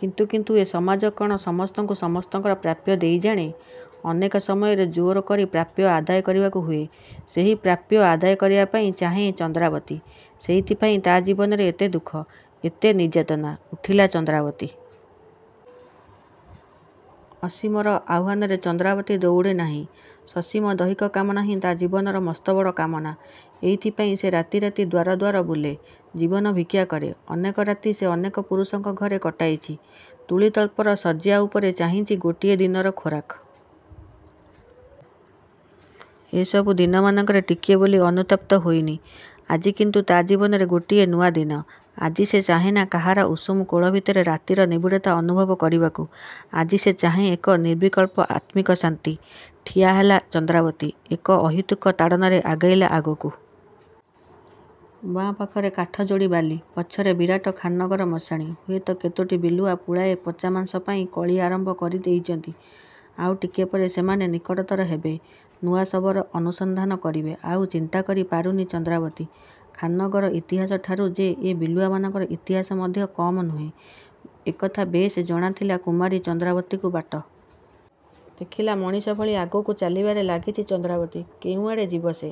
କିନ୍ତୁ କିନ୍ତୁ ଏ ସମାଜ କ'ଣ ସମସ୍ତଙ୍କୁ ସମସ୍ତଙ୍କର ପ୍ରାପ୍ୟ ଦେଇ ଜାଣେ? ଅନେକ ସମୟରେ ଜୋର କରି ପ୍ରାପ୍ୟ ଆଦାୟ କରିବାକୁ ହୁଏ। ସେହି ପ୍ରାପ୍ୟ ଆଦାୟ କରିବା ପାଇଁ ଚାହେଁ ଚନ୍ଦ୍ରାବତୀ। ସେଇଥିପାଇଁ ତା' ଜୀବନରେ ଏତେ ଦୁଃଖ, ଏତେ ନିର୍ଯାତନା। ଉଠିଲା ଚନ୍ଦ୍ରାବତୀ... ଅସୀମର ଆହ୍ୱାନରେ ଚନ୍ଦ୍ରାବତୀ ଦୌଡ଼େ ନାହିଁ। ସସୀମ ଦୈହିକ କାମନା ହିଁ ତା' ଜୀବନର ମସ୍ତବଡ଼ କାମନା। ଏଇଥିପାଇଁ ସେ ରାତି ରାତି ଦ୍ୱାର ଦ୍ୱାର ବୁଲେ, ଜୀବନ ଭିକ୍ଷା କରେ। ଅନେକ ରାତି ସେ ଅନେକ ପୁରୁଷଙ୍କ ଘରେ କଟାଇଛି। ତୂଳିତଳ୍ପର ଶଯ୍ୟା ଉପରେ ଚାହିଁଛି ଗୋଟିଏ ଦିନର ଖୋରାକ। ଏ ସବୁ ଦିନମାନଙ୍କରେ ଟିକେ ବୋଲି ଅନୁତପ୍ତ ହୋଇନି ସେ। ଆଜି କିନ୍ତୁ ତା' ଜୀବନରେ ଗୋଟିଏ ନୂଆ ଦିନ। ଆଜି ସେ ଚାହେଁନା କାହାର ଉଷୁମ କୋଳ ଭିତରେ ରାତିର ନିବିଡ଼ତା ଅନୁଭବ କରିବାକୁ। ଆଜି ସେ ଚାହେଁ ଏକ ନିର୍ବିକଳ୍ପ ଆତ୍ମିକ ଶାନ୍ତି। ଠିଆ ହେଲା ଚନ୍ଦ୍ରାବତୀ, ଏକ ଅହେତୁକୀ ତାଡ଼ନାରେ ଆଗେଇଲା ଆଗକୁ। ବାଁ ପାଖରେ କାଠଯୋଡ଼ି ବାଲି। ପଛରେ ବିରାଟ ଖାନ୍ନଗର ମଶାଣି। ହୁଏତ କେତୋଟି ବିଲୁଆ ପୁଳାଏ ପଚା ମାଂସ ପାଇଁ କଳି ଆରମ୍ଭ କରି ଦେଇଛନ୍ତି। ଆଉ ଟିକେ ପରେ ସେମାନେ ନିକଟତର ହେବେ, ନୂଆ ଶବର ଅନୁସନ୍ଧାନ କରିବେ। ଆଉ ଚିନ୍ତା କରି ପାରୁନି ଚନ୍ଦ୍ରାବତୀ, ଖାନ୍ନଗରର ଇତିହାସଠାରୁ ଯେ ଏ ବିଲୁଆମାନଙ୍କର ଇତିହାସ ମଧ୍ୟ କମ୍ ନୁହେଁ, ଏକଥା ବେଶ୍ ଜଣାଥିଲା କୁମାରୀ ଚନ୍ଦ୍ରାବତୀକୁ। ବାଟ ଦେଖିଲା ମଣିଷ ଭଳି ଆଗକୁ ଚାଲିବାରେ ଲାଗିଛି ଚନ୍ଦ୍ରାବତୀ। କେଉଁଆଡ଼େ ଯିବ ସେ?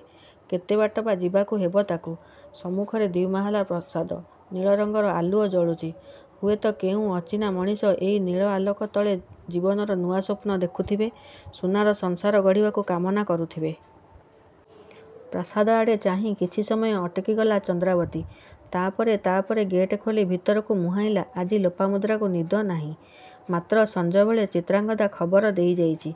କେତେ ବାଟ ବା ଯିବାକୁ ହେବ ତାକୁ? ସମ୍ମୁଖରେ ଦ୍ୱିମହଲା ପ୍ରାସାଦ। ନୀଳ ରଙ୍ଗର ଆଲୁଅ ଜଳୁଛି। ହୁଏତ କେଉଁ ଅଚିହ୍ନା ମଣିଷ ଏଇ ନୀଳ ଆଲୋକ ତଳେ ଜୀବନର ନୂଆ ସ୍ୱପ୍ନ ଦେଖୁଥିବେ, ସୁନାର ସଂସାର ଗଢ଼ିବାକୁ କାମନା କରୁଥିବେ। ପ୍ରାସାଦ ଆଡ଼େ ଚାହିଁ କିଛି ସମୟ ଅଟକିଗଲା ଚନ୍ଦ୍ରାବତୀ। ତା' ପରେ, ତା' ପରେ ଗେଟ୍ ଖୋଲି ଭିତରକୁ ମୁହାଁଇଲା ଆଜି ଲୋପାମୁଦ୍ରାକୁ ନିଦ ନାହିଁ। ମାତ୍ର ସଞ୍ଜବେଳେ ଚିତ୍ରାଙ୍ଗଦା ଖବର ଦେଇଯାଇଛି,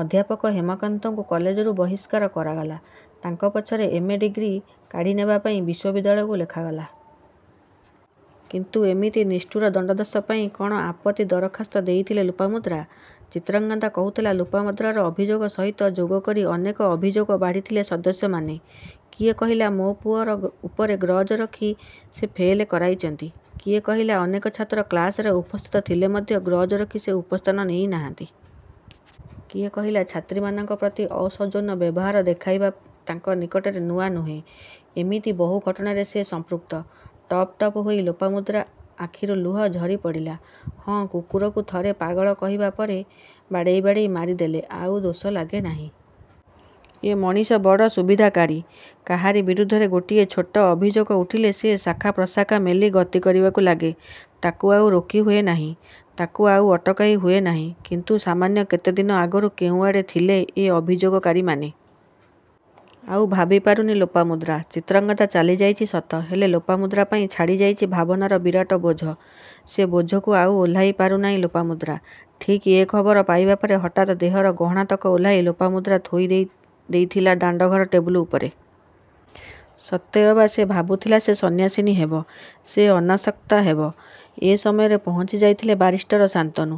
ଅଧ୍ୟାପକ ହେମକାନ୍ତଙ୍କୁ କଲେଜରୁ ବହିଷ୍କାର କରାଗଲା। ତାଙ୍କ ପଛରୁ ଏମ୍.ଏ. ଡିଗ୍ରୀ କାଢ଼ି ନେବା ପାଇଁ ବିଶ୍ୱବିଦ୍ୟାଳୟକୁ ଲେଖାଗଲା। କିନ୍ତୁ ଏମିତି ନିଷ୍ଠୁର ଦଣ୍ଡାଦେଶ ପାଇଁ କ'ଣ ଆପତ୍ତି ଦରଖାସ୍ତ ଦେଇଥିଲେ ଲୋପାମୁଦ୍ରା? ଚିତ୍ରାଙ୍ଗଦା କହୁଥିଲା, ଲୋପାମୁଦ୍ରାର ଅଭିଯୋଗ ସହିତ ଯୋଗ କରି ଅନେକ ଅଭିଯୋଗ ବାଢ଼ିଥିଲେ ସଦସ୍ୟମାନେ। କିଏ କହିଲା, "ମୋ ପୁଅ ଉପରେ ଗ୍ରଜ୍ ରଖି ସେ ଫେଲ୍ କରାଇଛନ୍ତି।" କିଏ କହିଲା, "ଅନେକ ଛାତ୍ର କ୍ଲାସରେ ଉପସ୍ଥିତ ଥିଲେ ମଧ୍ୟ ଗ୍ରଜ୍ ରଖି ସେ ଉପସ୍ଥାନ ନେଇ ନାହାନ୍ତି।" କିଏ କହିଲା, "ଛାତ୍ରୀମାନଙ୍କ ପ୍ରତି ଅସୌଜନ୍ୟ ବ୍ୟବହାର ଦେଖାଇବା ତାଙ୍କ ନିକଟରେ ନୂଆ ନୁହେଁ।" ଏମିତି ବହୁ ଘଟଣାରେ ସେ ସମ୍ପୃକ୍ତ। ଟପ୍ ଟପ୍ ହୋଇ ଲୋପାମୁଦ୍ରା ଆଖିରୁ ଲୁହ ଝରି ପଡ଼ିଲା। ହଁ, କୁକୁରକୁ ଥରେ ପାଗଳ କହିବା ପରେ ବାଡ଼େଇ ବାଡ଼େଇ ମାରି ଦେଲେ ଆଉ ଦୋଷ ଲାଗେ ନାହିଁ। ଏ ମଣିଷ ବଡ଼ ସୁବିଧାକାରୀ। କାହାରି ବିରୁଦ୍ଧରେ ଗୋଟିଏ ଛୋଟ ଅଭିଯୋଗ ଉଠିଲେ ସେ ଶାଖା ପ୍ରଶାଖା ମେଲି ଗତି କରିବାକୁ ଲାଗେ। ତାକୁ ଆଉ ରୋକି ହୁଏନାହିଁ, ତାକୁ ଆଉ ଅଟକାଇ ହୁଏନାହିଁ। କିନ୍ତୁ ସାମାନ୍ୟ କେତେ ଦିନ ଆଗରୁ କେଉଁଆଡ଼େ ଥିଲେ ଏ ଅଭିଯୋଗକାରୀମାନେ? ଆଉ ଭାବି ପାରୁନି ଲୋପାମୁଦ୍ରା। ଚିତ୍ରାଙ୍ଗଦା ଚାଲିଯାଇଛି ସତ, ହେଲେ ଲୋପାମୁଦ୍ରା ପାଇଁ ଛାଡ଼ି ଯାଇଛି ଭାବନାର ବିରାଟ ବୋଝ। ସେ ବୋଝକୁ ଆଉ ଓହ୍ଲାଇ ପାରୁନାହିଁ ଲୋପାମୁଦ୍ରା। ଠିକ୍ ଏ ଖବର ପାଇବା ପରେ ହଠାତ୍ ଦେହର ଗହଣାତକ ଓହ୍ଲାଇ ଲୋପାମୁଦ୍ରା ଥୋଇ ଦେଇଥିଲା ଦାଣ୍ଡଘର ଟେବୁଲ ଉପରେ। ସତେ ଅବା ସେ ଭାବୁଥିଲାସେ ସନ୍ନ୍ୟାସିନୀ ହେବ, ସେ ଅନାସକ୍ତା ହେବ। ଏ ସମୟରେ ପହଞ୍ଚି ଯାଇଥିଲେ ବାରିଷ୍ଟର ଶାନ୍ତନୁ।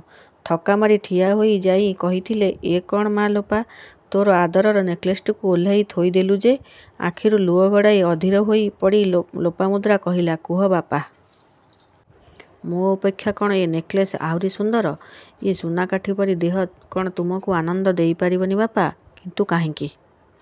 ଥକ୍କା ମାରି ଠିଆ ହୋଇଯାଇ କହିଥିଲେ, "ଏ କ'ଣ ମା ଲୋପା, ତୋର ଆଦରର ନେକ୍ଲେସ୍‌ଟିକୁ ଓହ୍ଲାଇ ଥୋଇଦେଲୁ ଯେ?ଆଖିରୁ ଲୁହ ଗଡ଼ାଇ, ଅଧୀର ହୋଇପଡ଼ି ଲୋପାମୁଦ୍ରା କହିଲା, "କୁହ ବାପା! ମୋ ଅପେକ୍ଷା କ'ଣ ଏ ନେକ୍ଲେସ୍ ଆହୁରି ସୁନ୍ଦର? ଏ ସୁନାକାଠି ପରି ଦେହ କ'ଣ ତୁମକୁ ଆନନ୍ଦ ଦେଇ ପାରିବନି ବାପା?" "କିନ୍ତୁ କାହିଁକି?"